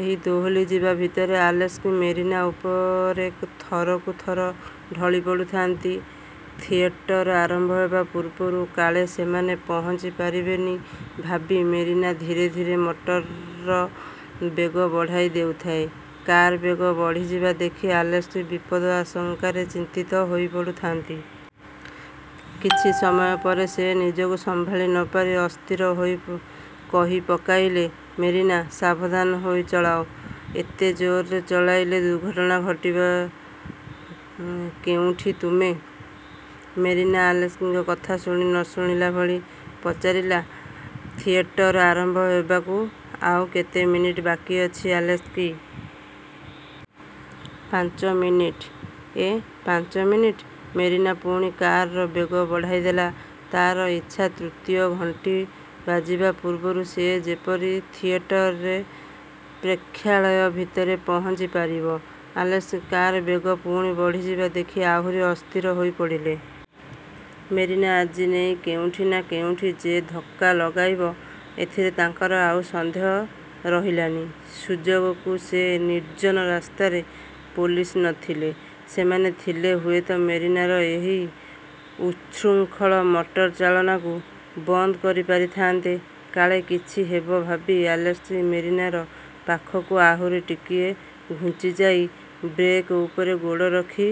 ଏହି ଦୋହଲିଯିବା ଭିତରେ ଆଲେସ୍କି ମେରିନା ଉପରେ ଥରକୁ ଥର ଢଳି ପଡ଼ୁଥାନ୍ତି। ଥିଏଟର ଆରମ୍ଭ ହେବା ପୂର୍ବରୁ କାଳେ ସେମାନେ ପହଞ୍ଚି ପାରିବେନି ଭାବି ମେରିନା ଧୀରେ ଧିୀରେ ମଟରର ବେଗ ବଢ଼ାଇ ଦେଉଥାଏ। କାର୍ର ବେଗ ବଢ଼ିଯିବା ଦେଖି ଆଲେସ୍କି ବିପଦ ଆଶଙ୍କାରେ ଚିନ୍ତିତ ହୋଇପଡ଼ୁଥାନ୍ତି। କିଛି ସମୟ ପରେ ସେ ନିଜକୁ ସମ୍ଭାଳି ନପାରି ଅସ୍ଥିର ହୋଇ କହିପକାଇଲେ–''ମେରିନା, ସାବଧାନ ହୋଇ ଚଳାଅ। ଏତେ ଜୋରରେ ଚଳାଇଲେ ଦୁର୍ଘଟଣା ଘଟାଇବ କେଉଁଠି ତୁମେ। '' ମେରିନା ଆଲେସ୍କିଙ୍କ କଥା ଶୁଣି ନଶୁଣିଲାଭଳି ପଚାରିଲା, ''ଥିଏଟର ଆରମ୍ଭ ହେବାକୁ ଆଉ କେତେ ମିନିଟ୍ ବାକି ଅଛି ଆଲେସ୍କି? '' ''ପାଞ୍ଚମିନିଟ୍। '' ''ଏଁ, ପାଞ୍ଚମିନଟ୍? '' ମେରିନା ପୁଣି କାରର ବେଗ ବଢ଼ାଇଦେଲା। ତା'ର ଇଚ୍ଛା ତୃତୀୟ ଘଣ୍ଟି ବାଜିବା ପୂର୍ବରୁ ସେ ଯେପରି ଥିଏଟରର ପ୍ରେକ୍ଷାଳୟ ଭିତରେ ପହଞ୍ଚି ପାରିବ। ଆଲେସ୍କି କାର୍ର ବେଗ ପୁଣି ବଢ଼ିଯିବା ଦେଖି ଆହୁରି ଅସ୍ଥିର ହୋଇ ପଡ଼ିଲେ। ମେରିନା ଆଜି ନେଇ କେଉଁଠି ନା କେଉଁଠି ଯେ ଧକ୍କା ଲଗାଇବ, ଏଥିରେ ତାଙ୍କର ଆଉ ସନ୍ଦେହ ରହିଲାନି। ସୁଯୋଗକୁ ସେ ନିର୍ଜ୍ଜନ ରାସ୍ତାରେ ପୋଲିସ ନ ଥିଲେ। ସେମାନେ ଥିଲେ ହୁଏତ ମେରିନାର ଏହି ଉଚ୍ଛୃଙ୍ଖଳ ମଟରଚାଳନାକୁ ବନ୍ଦ କରିପାରିଥାନ୍ତେ। '' କାଳେ କିଛି ହେବ ଭାବି ଆଲେସ୍କି ମେରିନାର ପାଖକୁ ଆହୁରି ଟିକିଏ ଘୁଞ୍ଚିଯାଇ ବ୍ରେକ୍ ଉପରେ ଗୋଡ଼ ରଖି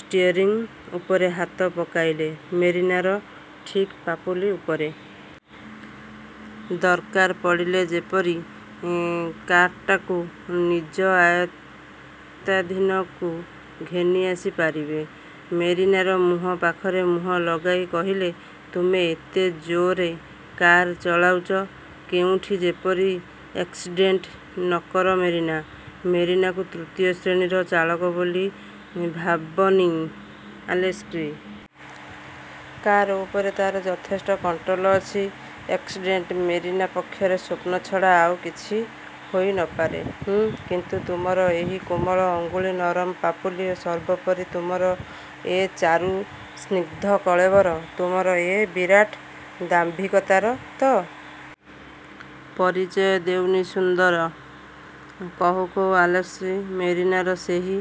ଷ୍ଟିଅରିଂ ଉପରେ ହାତ ପକାଇଲେ ମେରିନାର ଠିକ୍ ପାପୁଲି ଉପରେ। ଦରକାର ପଡ଼ିଲେ ଯେପରି କାର୍ଟାକୁ ନିଜ ଆୟତ୍ତାଧୀନକୁ ଘେନି ଆସି ପାରିବେ। ମେରିନାର ମୁହଁ ପାଖରେ ମୁହଁ ଲଗାଇ କହିଲେ, ''ତୁମେ ଏତେ ଜୋର୍ରେ କାର୍ ଚଳାଉଚ, କେଉଁଠି ଯେପରି ଏକ୍ସିଡ଼େଣ୍ଟ ନ କର ମେରିନା! '' ''ମେରିନାକୁ ତୃତୀୟ ଶ୍ରେଣୀର ଚାଳକ ବୋଲି ଭାବନି ଆଲେସ୍କି! କାର ଉପରେ ତାର ଯଥେଷ୍ଟ କଣ୍ଟ୍ରୋଲ ଅଛି। ଏକ୍ସିଡେଣ୍ଟ ମେରିନା ପକ୍ଷରେ ସ୍ୱପ୍ନ ଛଡ଼ା ଆଉ କିଛି ହୋଇ ନ ପାରେ-। '' ''ହୁଁ? କିନ୍ତୁ, ତୁମର ଏହି କୋମଳ ଅଙ୍ଗୁଳି, ନରମ ପାପୁଲି ଓ ସର୍ବୋପରି ତୁମର ଏ ଚାରୁ ସ୍ନିଗ୍ଧ କଳେବର, ତୁମର ଏ ବିରାଟ ଦାମ୍ଭିକତାର ତ। ପରିଚୟ ଦେଉନି ସୁନ୍ଦର? '' କହୁଁ କହୁଁ ଆଲେସ୍କି ମେରିନାର ସେହି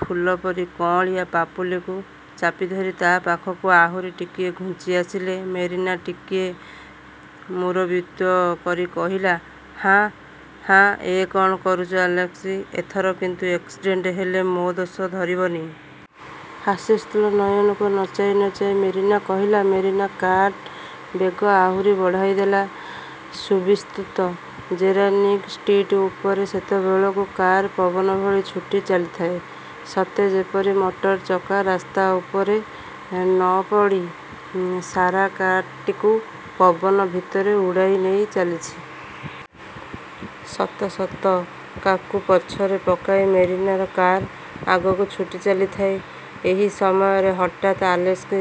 ଫୁଲପରି କଅଁଳିଆ ପାପୁଲିକୁ ଚାପିଧରି ତା ପାଖକୁ ଆହୁରି ଟିକିଏ ଘୁଞ୍ଚି ଆସିଲେ। ମେରିନା ଟିକିଏ ମୁରବିତ୍ୱ କରି କହିଲା, ''ହାଁ, ହାଁ, ଏ କ'ଣ କରୁଚ ଆଲେସ୍କି! ଏଥର କିନ୍ତୁ ଏକ୍ସିଡ଼େଣ୍ଟ ହେଲେ ମୋ ଦୋଷ ଧରିବନି। '' ହାସ୍ୟୋତ୍ଫୁଲ୍ଲ ନୟନକୁ ନଚାଇ ନଚାଇ ମେରିନା କହିଲା। ମେରିନା କାର୍ର ବେଗ ଆହୁରି ବଢ଼ାଇଦେଲା। ସୁବିସ୍ତୃତ ଜେରାକିନୀ ଷ୍ଟ୍ରିଟ୍ଉପରେ ସେତେବେଳକୁ କାର୍ ପବନଭଳି ଛୁଟି ଚାଲିଥାଏ, ସତେ ଯେପରି ମଟର ଚକା ରାସ୍ତା ଉପରେ ନ ପଡ଼ି ସାରା କାର୍ଟିକୁ ପବନ ଭିତରେ ଉଡ଼ାଇ ନେଇ ଚାଲିଛି। ଶତଶତ କାର୍କୁ ପଛରେ ପକାଇ ମେରିନାର କାର୍ ଆଗକୁ ଛୁଟି ଚାଲିଥାଏ। ଏହି ସମୟରେ ହଠାତ୍ ଆଲେସ୍କି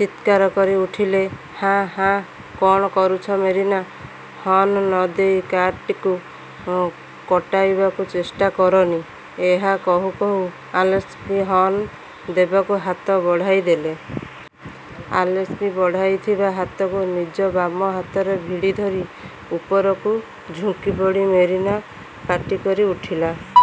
ଚିତ୍କାର କରି ଉଠିଲେ, ''ହାଁ, ହାଁ, କ'ଣ କରୁଛ ମେରିନା! ହର୍ଣ୍ଣ ନ ଦେଇ କାର୍ଟିକୁ କଟାଇବାକୁ ଚେଷ୍ଟା କରନି। '' ଏହା କହୁ କହୁ ଆଲେସ୍କି ହର୍ଣ୍ଣ ଦେବାକୁ ହାତ ବଢ଼ାଇଦେଲେ। ଆଲେସ୍କି ବଢ଼ାଇଥିବା ହାତକୁ ନିଜର ବାମ ହାତରେ ଭିଡ଼ି ଧରି ଉପରକୁ ଝୁଙ୍କିପଡ଼ି ମେରିନା ପାଟିକରି ଉଠିଲା-